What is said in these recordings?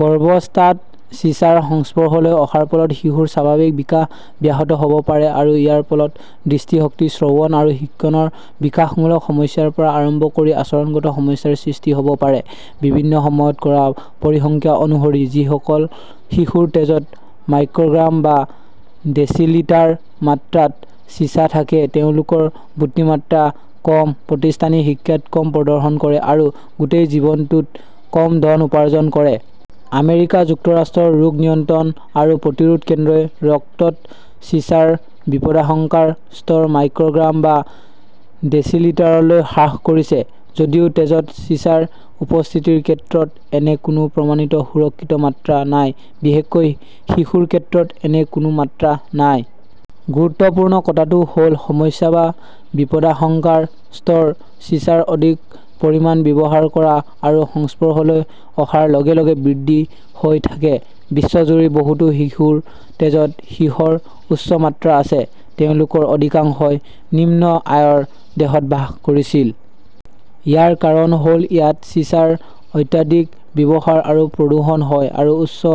গৰ্ভাৱস্থাত চিছাৰ সংস্পৰ্শলৈ অহাৰ ফলত শিশুৰ স্বাভাৱিক বিকাশ ব্যাহত হ'ব পাৰে আৰু ইয়াৰ ফলত দৃষ্টিশক্তি, শ্ৰৱণ আৰু শিক্ষণৰ বিকাশমূলক সমস্যাৰ পৰা আৰম্ভ কৰি আচৰণগত সমস্যাৰ সৃষ্টি হ'ব পাৰে। বিভিন্ন সময়ত কৰা পৰিসংখ্যা অনুসৰি, যিসকল শিশুৰ তেজত মাইক্ৰ'গ্ৰাম বা ডেচিলিটাৰ মাত্ৰাত চিছা থাকে তেওঁলোকৰ বুদ্ধিমত্তা কম, প্ৰতিষ্ঠানিক শিক্ষাত কম প্ৰদৰ্শন কৰে, আৰু গোটেই জীৱনটোত কম ধন উপাৰ্জন কৰে। আমেৰিকা যুক্তৰাষ্ট্ৰৰ ৰোগ নিয়ন্ত্ৰণ আৰু প্ৰতিৰোধ কেন্দ্ৰই ৰক্তত চিছাৰ বিপদাশংকাৰ স্তৰ মাইক্ৰ'গ্ৰাম বা ডেচিলিটাৰলৈ হ্ৰাস কৰিছে । যদিও তেজত চিছাৰ উপস্থিতিৰ ক্ষেত্ৰত এনে কোনো প্ৰমাণিত 'সুৰক্ষিত মাত্ৰা' নাই; বিশেষকৈ শিশুৰ ক্ষেত্ৰত এনে কোনো মাত্ৰা নাই। গুৰুত্বপূৰ্ণ কথাটো হ 'ল সমস্যা বা বিপদাশংকাৰ স্তৰ চিছাৰ অধিক পৰিমাণ ব্যৱহাৰ কৰা আৰু সংস্পৰ্শলৈ অহাৰ লগে লগে বৃদ্ধি হৈ থাকে। বিশ্বজুৰি বহুতো শিশুৰ তেজত সীহৰ উচ্চ মাত্ৰা আছে। তেওঁলোকৰ অধিকাংশই নিম্ন আয়ৰ দেশত বাস কৰিছিল। ইয়াৰ কাৰণ হ'ল, ইয়াত চিছাৰ অত্যধিক ব্যৱহাৰ আৰু প্ৰদূষণ হয় আৰু উচ্চ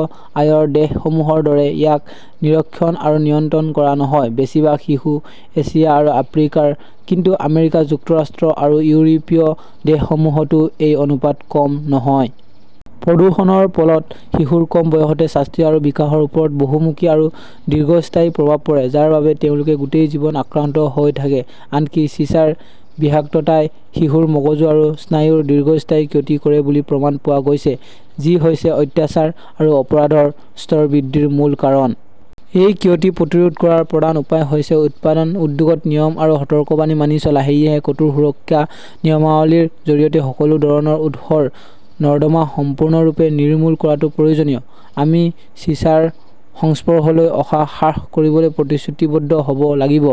আয়ৰ দেশসমূহৰ দৰে ইয়াক নিৰীক্ষণ আৰু নিয়ন্ত্ৰণ কৰা নহয়। বেছিভাগ শিশু এছিয়া আৰু আফ্ৰিকাৰ, কিন্তু আমেৰিকা যুক্তৰাষ্ট্ৰ আৰু ইউৰোপীয় দেশসমূহতো এই অনুপাত কম নহয়। প্ৰদূষণৰ ফলত শিশুৰ কম বয়সতে স্বাস্থ্য আৰু বিকাশৰ ওপৰত বহুমুখী আৰু দীৰ্ঘস্থায়ী প্ৰভাৱ পৰে, যাৰ বাবে তেওঁলোকে গোটেই জীৱন আক্ৰান্ত হৈ থাকে। আনকি চিছাৰ বিষাক্ততাই শিশুৰ মগজু আৰু স্নায়ুৰ দীৰ্ঘস্থায়ী ক্ষতি কৰে বুলি প্ৰমাণ পোৱা গৈছে, যি হৈছে অত্যাচাৰ আৰু অপৰাধৰ স্তৰ বৃদ্ধিৰ মূল কাৰণ। এই ক্ষতি প্ৰতিৰোধ কৰাৰ প্ৰধান উপায় হৈছে উৎপাদন উদ্যোগত নিয়ম আৰু সতৰ্কবাণী মানি চলা। সেয়েহে কঠোৰ সুৰক্ষা নিয়মাৱলীৰ জৰিয়তে সকলো ধৰণৰ উৎসৰ নৰ্দমা সম্পূৰ্ণৰূপে নিৰ্মূল কৰাটো প্ৰয়োজনীয়। আমি চিছাৰ সংস্পৰ্শলৈ অহা হ্ৰাস কৰিবলৈ প্ৰতিশ্ৰুতিবদ্ধ হ'ব লাগিব।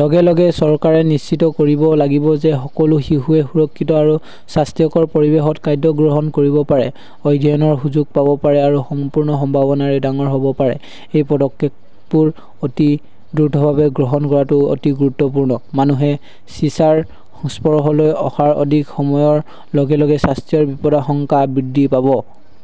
লগে লগে চৰকাৰে নিশ্চিত কৰিব লাগিব যে সকলো শিশুৱে সুৰক্ষিত আৰু স্বাস্থ্যকৰ পৰিৱেশত খাদ্য গ্ৰহণ কৰিব পাৰে, অধ্যয়নৰ সুযোগ পাব পাৰে আৰু সম্পূৰ্ণ সম্ভাৱনাৰে ডাঙৰ হ'ব পাৰে। এই পদক্ষেপবোৰ অতি দ্ৰুতভাৱে গ্ৰহণ কৰাটো অতি গুৰুত্বপূৰ্ণ; মানুহে চিছাৰ সংস্পৰ্শলৈ অহাৰ অধিক সময়ৰ লগে লগে স্বাস্থ্যৰ বিপদাশংকা বৃদ্ধি পাব।